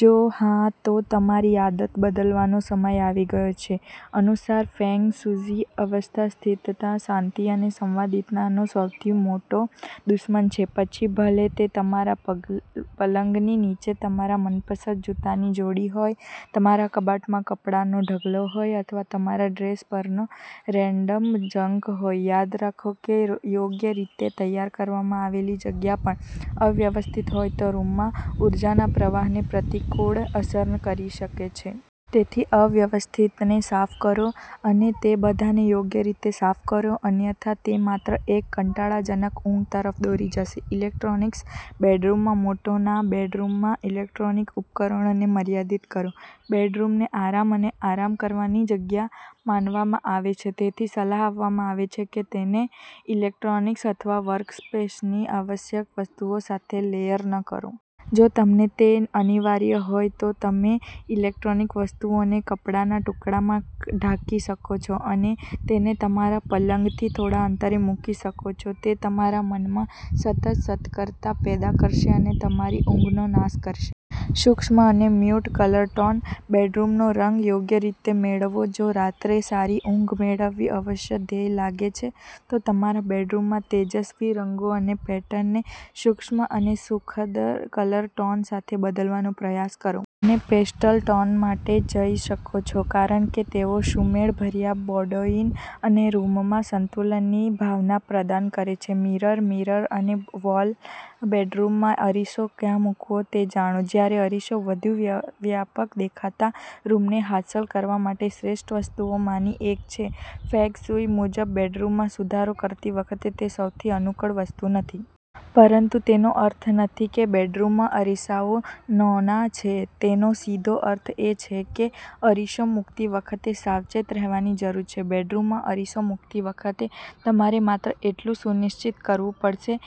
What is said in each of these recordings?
જો હા, તો તમારી આદત બદલવાનો સમય આવી ગયો છે. અનુસાર ફેંગ શુઇ, અવ્યવસ્થિતતા શાંતિ અને સંવાદિતાનો સૌથી મોટો દુશ્મન છે. પછી ભલે તે તમારા પલંગની નીચે તમારા મનપસંદ જૂતાની જોડી હોય, તમારા કબાટમાં કપડાંનો ઢગલો હોય, અથવા તમારા ડ્રેસર પરનો રેન્ડમ જંક હોય, યાદ રાખો કે યોગ્ય રીતે તૈયાર કરવામાં આવેલી જગ્યા પણ અવ્યવસ્થિત હોય તો રૂમમાં ઊર્જાના પ્રવાહને પ્રતિકૂળ અસર કરી શકે છે. તેથી, અવ્યવસ્થિતને સાફ કરો અને તે બધાને યોગ્ય રીતે સાફ કરો, અન્યથા, તે માત્ર એક કંટાળાજનક ઊંઘ તરફ દોરી જશે. ઈલેક્ટ્રોનિક્સ? બેડરૂમમાં મોટો ના! બેડરૂમમાં ઇલેક્ટ્રોનિક ઉપકરણોને મર્યાદિત કરો. બેડરૂમને આરામ અને આરામ કરવાની જગ્યા માનવામાં આવે છે, તેથી સલાહ આપવામાં આવે છે કે તેને ઇલેક્ટ્રોનિક્સ અથવા વર્કસ્પેસની આવશ્યક વસ્તુઓ સાથે લેયર ન કરો. જો તમને તે અનિવાર્ય લાગે, તો તમે ઈલેક્ટ્રોનિક વસ્તુઓને કપડાના ટુકડામાં ઢાંકી શકો છો અને તેને તમારા પલંગથી થોડા અંતરે મૂકી શકો છો. તે તમારા મનમાં સતત સતર્કતા પેદા કરશે અને તમારી ઊંઘનો નાશ કરશે. સૂક્ષ્મ અને મ્યૂટ કલર ટોન. બેડરૂમનો રંગ યોગ્ય રીતે મેળવો! જો રાત્રે સારી ઊંઘ મેળવવી અશક્ય ધ્યેય લાગે છે, તો તમારા બેડરૂમમાં તેજસ્વી રંગો અને પેટર્નને સૂક્ષ્મ અને સુખદ કલર ટોન સાથે બદલવાનો પ્રયાસ કરો. તમે પેસ્ટલ ટોન માટે જઈ શકો છો કારણ કે તેઓ સુમેળભર્યા બૌડોઇર અને રૂમમાં સંતુલનની ભાવના પ્રદાન કરે છે. Mirror, mirror on wall. બેડરૂમમાં અરીસો ક્યાં મૂકવો તે જાણો. જ્યારે અરીસો વધુ વ્યાપક દેખાતા રૂમને હાંસલ કરવા માટે શ્રેષ્ઠ વસ્તુઓમાંની એક છે, ફેંગ શુઇ મુજબ બેડરૂમમાં સુધારો કરતી વખતે તે સૌથી અનુકૂળ વસ્તુ નથી. પરંતુ તેનો અર્થ નથી કે બેડરૂમમાં અરીસાઓ નો-ના છે. તેનો સીધો અર્થ એ છે કે અરીસો મૂકતી વખતે સાવચેત રહેવાની જરૂર છે. બેડરૂમમાં અરીસો મૂકતી વખતે, તમારે માત્ર એટલું સુનિશ્ચિત કરવું પડશે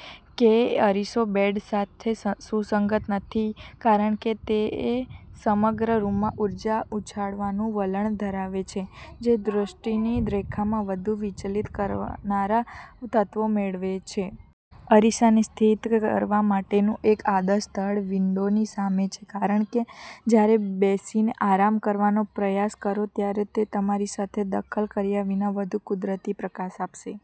કે અરીસો બેડ સાથે સુસંગત નથી કારણ કે તે સમગ્ર રૂમમાં ઊર્જા ઉછાળવાનું વલણ ધરાવે છે જે દૃષ્ટિની રેખામાં વધુ વિચલિત કરનારા તત્વો મેળવે છે. અરીસાને સ્થિત કરવા માટેનું એક આદર્શ સ્થળ વિન્ડોની સામે છે કારણ કે જ્યારે બેસીને આરામ કરવાનો પ્રયાસ કરો ત્યારે તે તમારી સાથે દખલ કર્યા વિના વધુ કુદરતી પ્રકાશ લાવશે